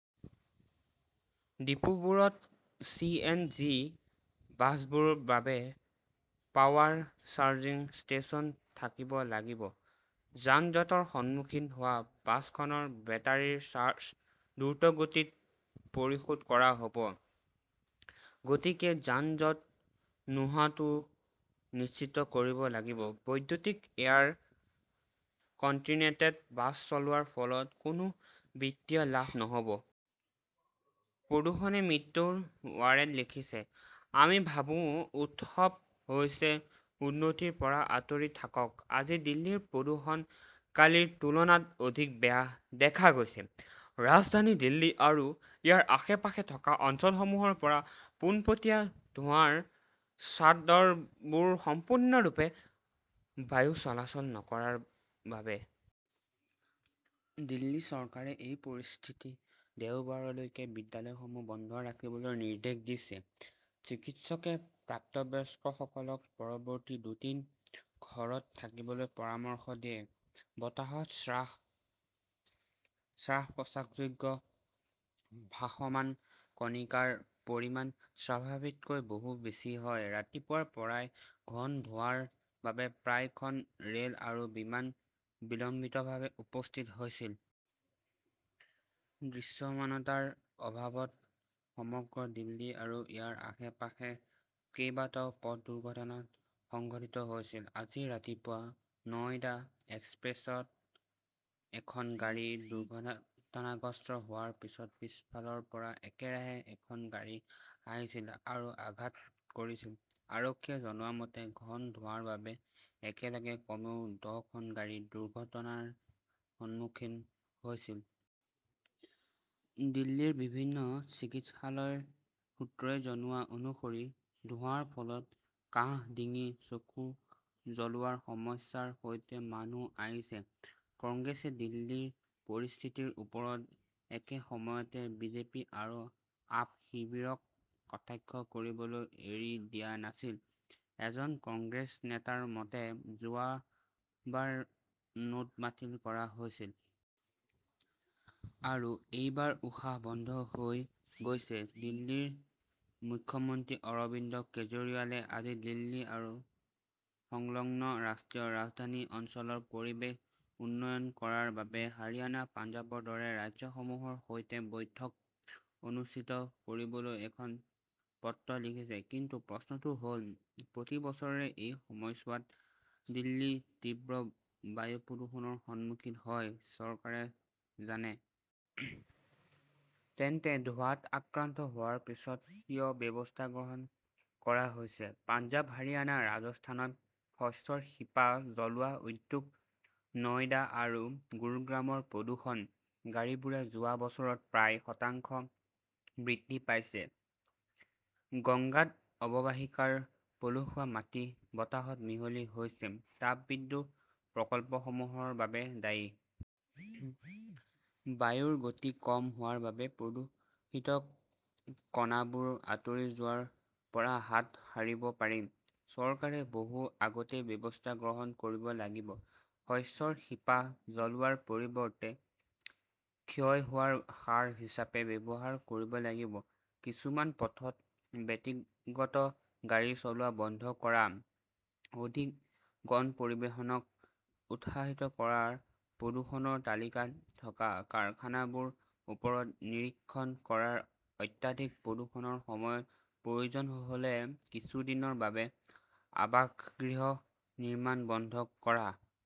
ডিপোবোৰত C. N. G. বাছবোৰ বাবে power charging station থাকিব লাগিব, যান-জঁটৰ সন্মুখীন হোৱা বাছখনৰ বেটাৰীৰ চাৰ্জ দ্ৰুতগতিত পৰিশোধ কৰা হ ব। গতিকে যান-জঁট নোহোৱাটোও নিশ্চিত কৰিব লাগিব। বৈদ্যুতিক এয়াৰ-কণ্টিনেণ্টেড বাছ চলোৱাৰ ফলত কোনো বিত্তীয় লাভ নহব। প্ৰদূষণে মৃত্যুৰ ৱাৰেণ্ট লিখিছে, আমি ভাবো উৎসৱ হৈছে উন্নতিৰ পৰা আঁতৰি থাকক, আজি দিল্লীৰ প্ৰদূষণ কালিৰ তুলনাত অধিক বেয়া দেখা গৈছে। ৰাজধানী দিল্লী আৰু ইয়াৰ আশে-পাশে থকা অঞ্চলসমূহৰ পৰা পোনপটীয়া ধোঁৱাৰ চাদৰবোৰ সম্পূৰ্ণৰূপে বায়ু চলাচল নকৰাৰ বাবে। দিল্লী চৰকাৰে এই পৰিস্থিতিত দেওবাৰলৈকে বিদ্যালয়সমূহ বন্ধ ৰাখিবলৈ নিৰ্দেশ দিছে। চিকিৎসকে প্ৰাপ্তবয়স্কসকলক পৰৱৰ্তী দুদিন ঘৰত থাকিবলৈ পৰামৰ্শ দিয়ে। বতাহত শ্বাস-প্ৰশ্বাসযোগ্য ভাসমান কণিকাৰ পৰিমাণ স্বাভাৱিকতকৈ বহু বেছি হয়। ৰাতিপুৱাৰ পৰাই ঘন ধোঁৱাৰ বাবে প্ৰায় খন ৰেল আৰু বিমান বিলম্বিতভাৱে উপস্থিত হৈছিল। দৃশ্যমানতাৰ অভাৱত সমগ্ৰ দিল্লী আৰু ইয়াৰ আশে-পাশে কেইবাটাও পথ দুৰ্ঘটনা সংঘটিত হৈছিল। আজি ৰাতিপুৱা নয়ডা এক্সপ্ৰেছৱেত এখন গাড়ী দুৰ্ঘটনাগ্ৰস্ত হোৱাৰ পিছত পিছফালৰ পৰা একেৰাহে এখন গাড়ী আহিছিল আৰু আঘাত কৰিছিল। আৰক্ষীয়ে জনোৱা মতে, ঘন ধোঁৱাৰ বাবে একেলগে কমেও দহখন গাড়ী দুৰ্ঘটনাৰ সন্মুখীন হৈছিল। দিল্লীৰ বিভিন্ন চিকিৎসালয়ৰ সূত্ৰই জনোৱা অনুসৰি ধোঁৱাৰ ফলত কাহ, ডিঙি, চকু জ্বলোৱাৰ সমস্যাৰ সৈতে মানুহ আহিছে। কংগ্ৰেছে দিল্লীৰ পৰিস্থিতিৰ ওপৰত একে সময়তে বিজেপি আৰু আপ শিবিৰক কটাক্ষ কৰিবলৈ এৰি দিয়া নাছিল। এজন কংগ্ৰেছ নেতাৰ মতে, যোৱা বাৰ নোট বাতিল কৰা হৈছিল। আৰু এইবাৰ উশাহ বন্ধ হৈ গৈছে। দিল্লীৰ মুখ্যমন্ত্ৰী অৰবিন্দ কেজৰিৱালে আজি দিল্লী আৰু সংলগ্ন ৰাষ্ট্ৰীয় ৰাজধানী অঞ্চলৰ পৰিৱেশ উন্নত কৰাৰ বাবে হাৰিয়ানা-পঞ্জাৱৰ দৰে ৰাজ্যসমূহৰ সৈতে বৈঠক অনুষ্ঠিত কৰিবলৈ এখন পত্ৰ লিখিছে। কিন্তু প্ৰশ্নটো হ 'ল, প্ৰতি বছৰে এই সময়ছোৱাত দিল্লী তীব্ৰ বায়ু প্ৰদূষণৰ সন্মুখীন হয়, চৰকাৰে জানে। তেন্তে ধোঁৱাত আক্ৰান্ত হোৱাৰ পিছত কিয় ব্যৱস্থা গ্ৰহণ কৰা হৈছে? পঞ্জাৱ, হাৰিয়ানা, ৰাজস্থানত শস্যৰ শিপা জ্বলোৱা; উদ্যোগ, নয়ডা আৰু গুৰুগ্ৰামৰ প্ৰদূষণ, গাড়ীবোৰে যোৱা বছৰত প্ৰায় শতাংশ বৃদ্ধি পাইছে। গংগাত অৱবাহিকাৰ পলসুৱা মাটি বতাহত মিহলি হৈছে, তাপবিদ্যুৎ প্ৰকল্পসমূহৰ বাবে দায়ী। বায়ুৰ গতি কম হোৱাৰ বাবে প্ৰদূষিত কণাবোৰ আঁতৰি যোৱাৰ পৰা হাত সাৰিব পাৰি। চৰকাৰে বহু আগতেই ব্যৱস্থা গ্ৰহণ কৰিব লাগিব। শস্যৰ শিপা জ্বলোৱাৰ পৰিৱৰ্তে ক্ষয় হোৱা সাৰ হিচাপে ব্যৱহাৰ কৰিব লাগিব। কিছুমান পথত ব্যক্তিগত গাড়ী চলোৱা বন্ধ কৰা; অধিক গণ পৰিবহণক উৎসাহিত কৰা; প্ৰদূষণৰ তালিকাত থকা কাৰখানাবোৰৰ ওপৰত নিৰীক্ষণ কৰা; অত্যাধিক প্ৰদূষণৰ সময়ত প্ৰয়োজন হ 'লে কিছু দিনৰ বাবে আৱাসগৃহ নিৰ্মাণ বন্ধ কৰা।